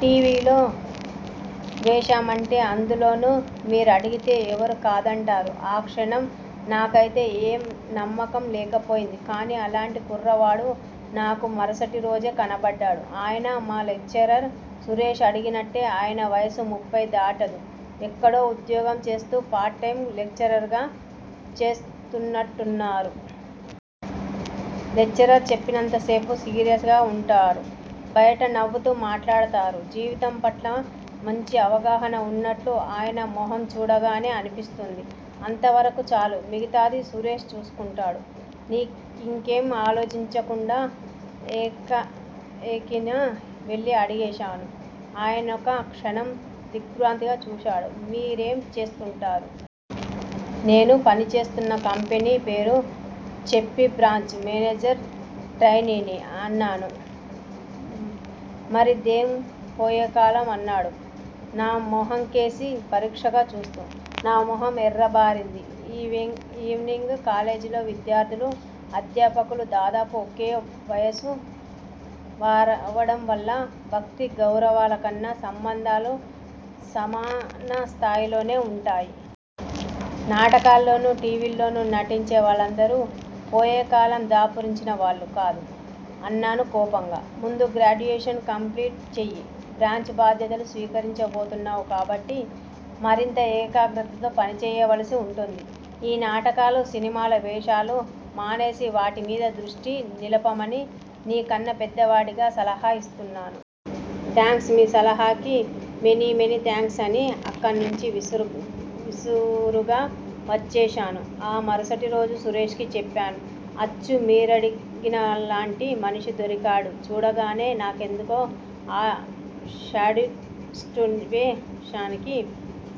Tea. V. లో వేషమంటే- అందులోనూ మీరడిగితే ఎవరు కాదంటారు? ఆ క్షణం నాకైతే ఏ నమ్మకం లేకపోయింది కానీ అలాంటి కుర్రవాడు నాకు మరుసటిరోజే కనబడ్డాడు. ఆయన మా లెక్చరర్. సురేష్ అడిగినట్టే ఆయన వయస్సు ముప్పై దాటదు. ఎక్కడో ఉద్యోగం చేస్తూ పార్ట్ టైమ్ లెక్చరర్ గా చేస్తున్నట్టున్నారు. లెక్చర్ చెప్పినంతసేపూ సీరియస్ గా వుంటారు. బయట నవ్వుతూ మాట్లాడతారు. జీవితం పట్ల మంచి అవగాహన వున్నట్టు ఆయన మొహం చూడగానే అనిపిస్తూంది. అంతవరకూ చాలు. మిగతాది సురేష్ చూసుకుంటాడు. నేనింకేమీ ఆలోచించకుండా ఎకాఎకిన వెళ్ళి అడిగేశాను. ఆయనొక క్షణం దిగ్భ్రాంతిగా చూశాడు. మీరేం చేస్తుంటారు? నేను పనిచేస్తున్న కంపెనీ పేరు చెప్పి, బ్రాంచ్ మేనేజర్ ట్రైనీని అన్నాను. మరిదేం పోయేకాలం? అన్నాడు నా మొహంకేసి పరీక్షగా చూస్తూ. నా మొహం ఎర్రబారింది. ఈవెనింగ్ కాలేజీలో విద్యార్థులూ, అధ్యాపకులూ దాదాపు ఒకే వయసు వారవడం వల్ల భక్తి, గౌరవాలకన్నా సంబంధాలు సమానస్థాయిలోనే వుంటాయి. నాటకాల్లోనూ, టీవీల్లోనూ నటించే వాళ్ళందరూ పోయేకాలం దాపురించిన వాళ్ళు కాదు! అన్నాను కోపంగా. ముందు గ్రాడ్యుయేషన్ కంప్లీట్ చెయ్యి. బ్రాంచ్ బాధ్యతలు స్వీకరించబోతున్నావు కాబట్టి మరింత ఏకాగ్రతతో పనిచేయవలసి వుంటుంది. ఈ నాటకాలు, సినిమాల వేషాలు మానేసి వాటిమీద దృష్టి నిలపమని నీకన్నా పెద్దవాడిగా సలహా యిస్తున్నాను! థాంక్స్! మీ సలహాకి మెనీ మెనీ థాంక్స్! అని అక్కణ్ణించి విసురుగా వచ్చేశాను. ఆ మరుసటిరోజు సురేష్ కి చెప్పాను- అచ్చు మీరడిగినలాంటి మనిషి దొరికాడు. చూడగనే నాకెందుకో ఆ శాడిస్టువేషానికి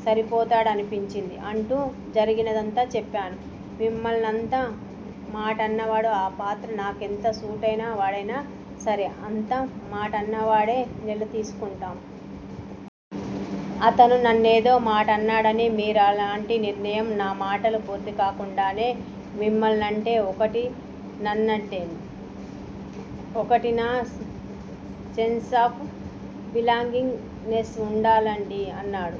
సరిపోతాడనిపించింది! అంటూ జరిగినదంతా చెప్పాను. మిమ్మల్నంత మాటన్నాడా! ఆ పాత్ర నాకెంత సూటైన వాడైనా సరే అంత మాటన్నవాడి నెలా తీసుకుంటాం? అతను నన్నేదో మాటన్నాడని మీరిలాంటి నిర్ణయం నా మాటలు పూర్తికాకుండానే, మిమ్మల్నంటే ఒకటీ, నన్నంటే ఒకటీనా? సెన్స్ ఆఫ్ బిలాంగింగ్ నెస్ వుండాలండీ! అన్నాడు.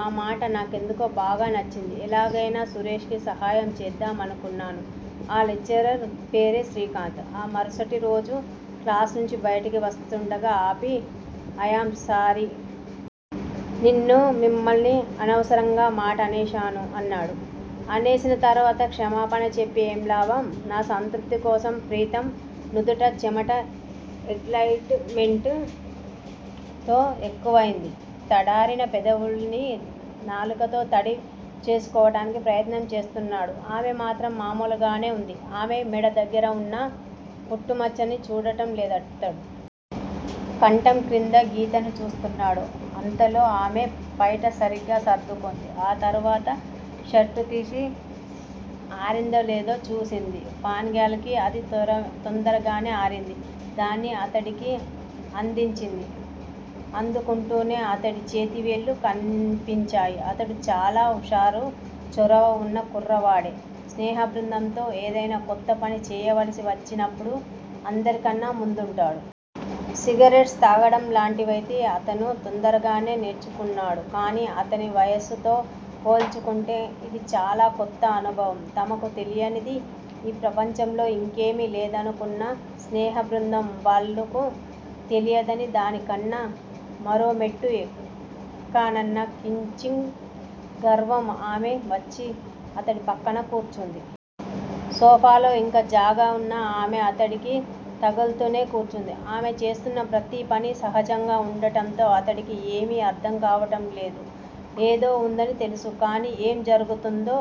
ఆ మాట నాకెందుకో బాగా నచ్చింది. ఎలాగైనా సురేష్ కి సహాయం చేద్దామనుకున్నాను. ఆ లెక్చరర్ పేరే శ్రీకాంత్. ఆ మరుసటిరోజు క్లాసునుంచి బయటికి వస్తూండగా ఆపి, అయామ్ సారీ! నిన్న మిమ్మల్ని అనవసరంగా మాటనేశాను! అన్నాడు. అనేసిన తర్వాత క్షమాపణ చెప్పి ఏం లాభం? నా సంతృప్తి కోసం. ప్రీతమ్ నుదుట చెమట ఎగ్లయిట్ మెంట్ తో ఎక్కువైంది. తడారిన పెదవుల్ని నాలుకతో తడి చేసుకోవటానికి ప్రయత్నం చేస్తున్నాడు. ఆమె మాత్రం మామూలుగానే వుంది. ఆమె మెడ దగ్గిర వున్న పుట్టుమచ్చని చూడటం లేదతడు. కంఠం క్రింద గీతని చూస్తున్నాడు. అంతలో ఆమె పైట సరిగ్గా సర్దుకుంది. ఆ తరువాత షర్టుతీసి ఆరిందోలేదో చూసింది. ఫాన్ గాలికి అది తొందరగానే ఆరింది. దాన్ని అతడికి అందించింది. అందుకుంటూంటే అతడి చేతివేళ్ళు కంపించాయి. అతడు చాలా హుషారు, చొరవ వున్న కుర్రవాడే. స్నేహబృందంలో ఏదైనా కొత్త పని చేయవలసి వచ్చినప్పుడు అందరికన్నా ముందుంటాడు. సిగరెట్స్ తాగటం లాటివైతే అతను తొందరగానే నేర్చుకున్నాడు. కానీ అతని వయస్సుతో పోల్చుకుంటే ఇది చాలా కొత్త అనుభవం. తమకు తెలియనిది ఈ ప్రపంచంలో ఇంకేమీ లేదనుకున్న స్నేహబృందం- వాళ్ళకు తెలియని దానికన్నా మరోమెట్టు ఎక్కానన్న కించిత్ గర్వం. ఆమె వచ్చి అతడి పక్కన కూర్చుంది. సోఫాలో ఇంకా జాగా వున్నా, ఆమె అతడికి తగుల్తూనే కూర్చుంది. ఆమె చేస్తున్న ప్రతీ పని సహజంగా వుండటంతో అతడికి ఏమీ అర్థంకావడంలేదు. ఏదో వుందని తెలుసు-కానీ ఏం జరుగుతూందో